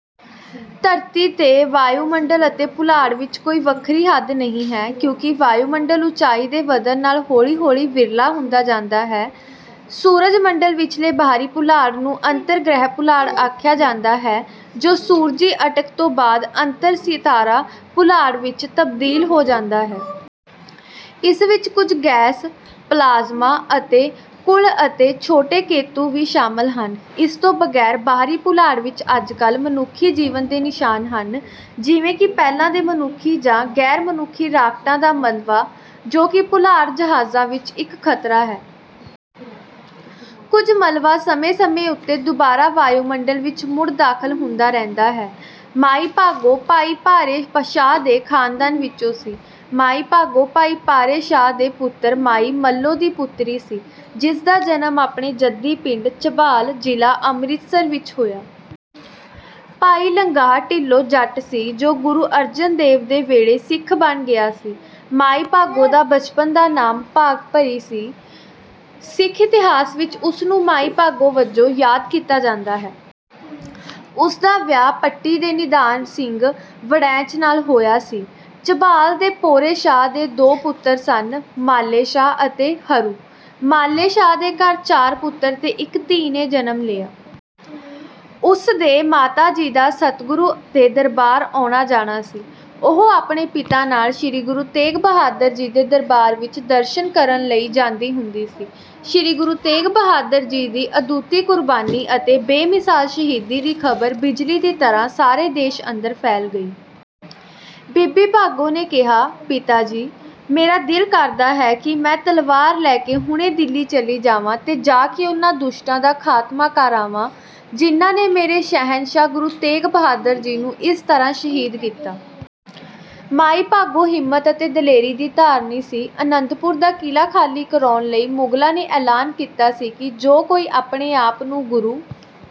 ਧਰਤੀ ਦੇ ਵਾਯੂਮੰਡਲ ਅਤੇ ਪੁਲਾੜ ਵਿੱਚ ਕੋਈ ਵੱਖਰੀ ਹੱਦ ਨਹੀਂ ਹੈ, ਕਿਉਂਕਿ ਵਾਯੂਮੰਡਲ ਉੱਚਾਈ ਦੇ ਵਧਣ ਨਾਲ ਹੌਲੀ ਹੌਲੀ ਵਿਰਲਾ ਹੁੰਦਾ ਜਾਂਦਾ ਹੈ। ਸੂਰਜ ਮੰਡਲ ਵਿਚਲੇ ਬਾਹਰੀ ਪੁਲਾੜ ਨੂੰ ਅੰਤਰ ਗ੍ਰਹਿ ਪੁਲਾੜ ਆਖਿਆ ਜਾਂਦਾ ਹੈ, ਜੋ ਸੂਰਜੀ ਅਟਕ ਤੋਂ ਬਾਅਦ ਅੰਤਰ ਸਿਤਾਰਾ ਪੁਲਾੜ ਵਿੱਚ ਤਬਦੀਲ ਹੋ ਜਾਂਦਾ ਹੈ। ਇਸ ਵਿੱਚ ਕੁਝ ਗੈਸ, ਪਲਾਜ਼ਮਾ ਅਤੇ ਘੁੱਲ ਅਤੇ ਛੋਟੇ ਕੇਤੂ ਵੀ ਸ਼ਾਮਲ ਹਨ। ਇਸ ਤੋਂ ਬਗੈਰ ਬਾਹਰੀ ਪੁਲਾੜ ਵਿੱਚ ਅੱਜਕੱਲ੍ਹ ਮਨੁੱਖੀ ਜੀਵਨ ਦੇ ਨਿਸ਼ਾਨ ਹਨ, ਜਿਵੇਂ ਕਿ ਪਹਿਲਾਂ ਦੇ ਮਨੁੱਖੀ ਜਾਂ ਗੈਰ ਮਨੁੱਖੀ ਰਾਕਟਾਂ ਦਾ ਮਲਬਾ, ਜੋ ਕਿ ਪੁਲਾੜ ਜਹਾਜ਼ਾਂ ਲਈ ਇੱਕ ਖਤਰਾ ਹੈ। ਕੁਝ ਮਲਬਾ ਸਮੇਂ ਸਮੇਂ ਉੱਤੇ ਦੁਬਾਰਾ ਵਾਯੂਮੰਡਲ ਵਿੱਚ ਮੁੜ ਦਾਖਲ ਹੁੰਦਾ ਰਹਿੰਦਾ ਹੈ। ਮਾਈ ਭਾਗੋ ਭਾਈ ਪਾਰੇ ਸ਼ਾਹ ਦੇ ਖਾਨਦਾਨ ਵਿਚੋਂ ਸੀ। ਮਾਈ ਭਾਗੋ ਭਾਈ ਪਾਰੇ ਸ਼ਾਹ ਦੇ ਪੁੱਤਰ ਭਾਈ ਮੱਲੋ ਦੀ ਪੁੱਤਰੀ ਸੀ, ਜਿਸ ਦਾ ਜਨਮ ਆਪਣੇ ਜੱਦੀ ਪਿੰਡ ਝਬਾਲ, ਜ਼ਿਲ੍ਹਾ ਅੰਮ੍ਰਿਤਸਰ ਵਿੱਚ ਹੋਇਆ। ਭਾਈ ਲੰਗਾਹ ਢਿੱਲੋਂ ਜੱਟ ਸੀ, ਜੋ ਗੁਰੂ ਅਰਜਨ ਦੇਵ ਦੇ ਵੇਲੇ ਸਿੱਖ ਬਣ ਗਿਆ ਸੀ। ਮਾਈ ਭਾਗੋ ਦਾ ਬਚਪਨ ਦਾ ਨਾਮ ਭਾਗਭਰੀ ਸੀ। ਸਿੱਖ ਇਤਿਹਾਸ ਵਿੱਚ ਉਸ ਨੂੰ ਮਾਈ ਭਾਗੋ ਵਜੋਂ ਯਾਦ ਕੀਤਾ ਜਾਂਦਾ ਹੈ। ਉਸ ਦਾ ਵਿਆਹ ਪੱਟੀ ਦੇ ਨਿਧਾਨ ਸਿੰਘ ਵੜੈਚ ਨਾਲ ਹੋਇਆ ਸੀ। ਝਬਾਲ ਦੇ ਪੇਰੋ ਸ਼ਾਹ ਦੇ ਦੋ ਪੁੱਤਰ ਸਨ, ਮਾਲੇ ਸ਼ਾਹ ਅਤੇ ਹਰੂ। ਮਾਲੇ ਸ਼ਾਹ ਦੇ ਘਰ ਚਾਰ ਪੁੱਤਰ ਤੇ ਇੱਕ ਧੀ ਨੇ ਜਨਮ ਲਿਆ। ਉਸ ਦੇ ਮਾਤਾ ਜੀ ਦਾ ਸਤਿਗੁਰੂ ਦੇ ਦਰਬਾਰ ਆਉਣਾ ਜਾਣਾ ਸੀ। ਉਹ ਆਪਣੇ ਪਿਤਾ ਨਾਲ ਸ੍ਰੀ ਗੁਰੂ ਤੇਗ ਬਹਾਦਰ ਜੀ ਦੇ ਦਰਬਾਰ ਵਿਚ ਦਰਸ਼ਨ ਕਰਨ ਲਈ ਜਾਂਦੀ ਹੁੰਦੀ ਸੀ। ਸ੍ਰੀ ਗੁਰੂ ਤੇਗ ਬਹਾਦਰ ਜੀ ਦੀ ਅਦੁੱਤੀ ਕੁਰਬਾਨੀ ਅਤੇ ਬੇਮਿਸਾਲ ਸ਼ਹੀਦੀ ਦੀ ਖਬਰ ਬਿਜਲੀ ਦੀ ਤਰ੍ਹਾਂ ਸਾਰੇ ਦੇਸ਼ ਅੰਦਰ ਫੈਲ ਗਈ। ਬੀਬੀ ਭਾਗੋ ਨੇ ਕਿਹਾ, ਪਿਤਾ ਜੀ, ਮੇਰਾ ਦਿਲ ਕਰਦਾ ਹੈ ਕਿ ਮੈਂ ਤਲਵਾਰ ਲੈ ਕੇ ਹੁਣੇ ਦਿੱਲੀ ਚਲੀ ਜਾਵਾਂ, ਤੇ ਜਾ ਕੇ ਉਨ੍ਹਾਂ ਦੁਸ਼ਟਾਂ ਦਾ ਖਾਤਮਾ ਕਰ ਆਵਾਂ, ਜਿਨ੍ਹਾਂ ਨੇ ਮੇਰੇ ਸ਼ਹਿਨਸ਼ਾਹ ਗੁਰੂ ਤੇਗ ਬਹਾਦਰ ਜੀ ਨੂੰ ਇਸ ਤਰ੍ਹਾਂ ਸ਼ਹੀਦ ਕੀਤਾ। ਮਾਈ ਭਾਗੋ ਹਿੰਮਤ ਅਤੇ ਦਲੇਰੀ ਦੀ ਧਾਰਨੀ ਸੀ। ਅਨੰਦਪੁਰ ਦਾ ਕਿਲਾ ਖਾਲੀ ਕਰਾਉਣ ਲਈ ਮੁਗਲਾਂ ਨੇ ਐਲਾਨ ਕੀਤਾ ਸੀ ਕਿ ਜੋ ਕੋਈ ਆਪਣੇ ਆਪ ਨੂੰ ਗੁਰੂ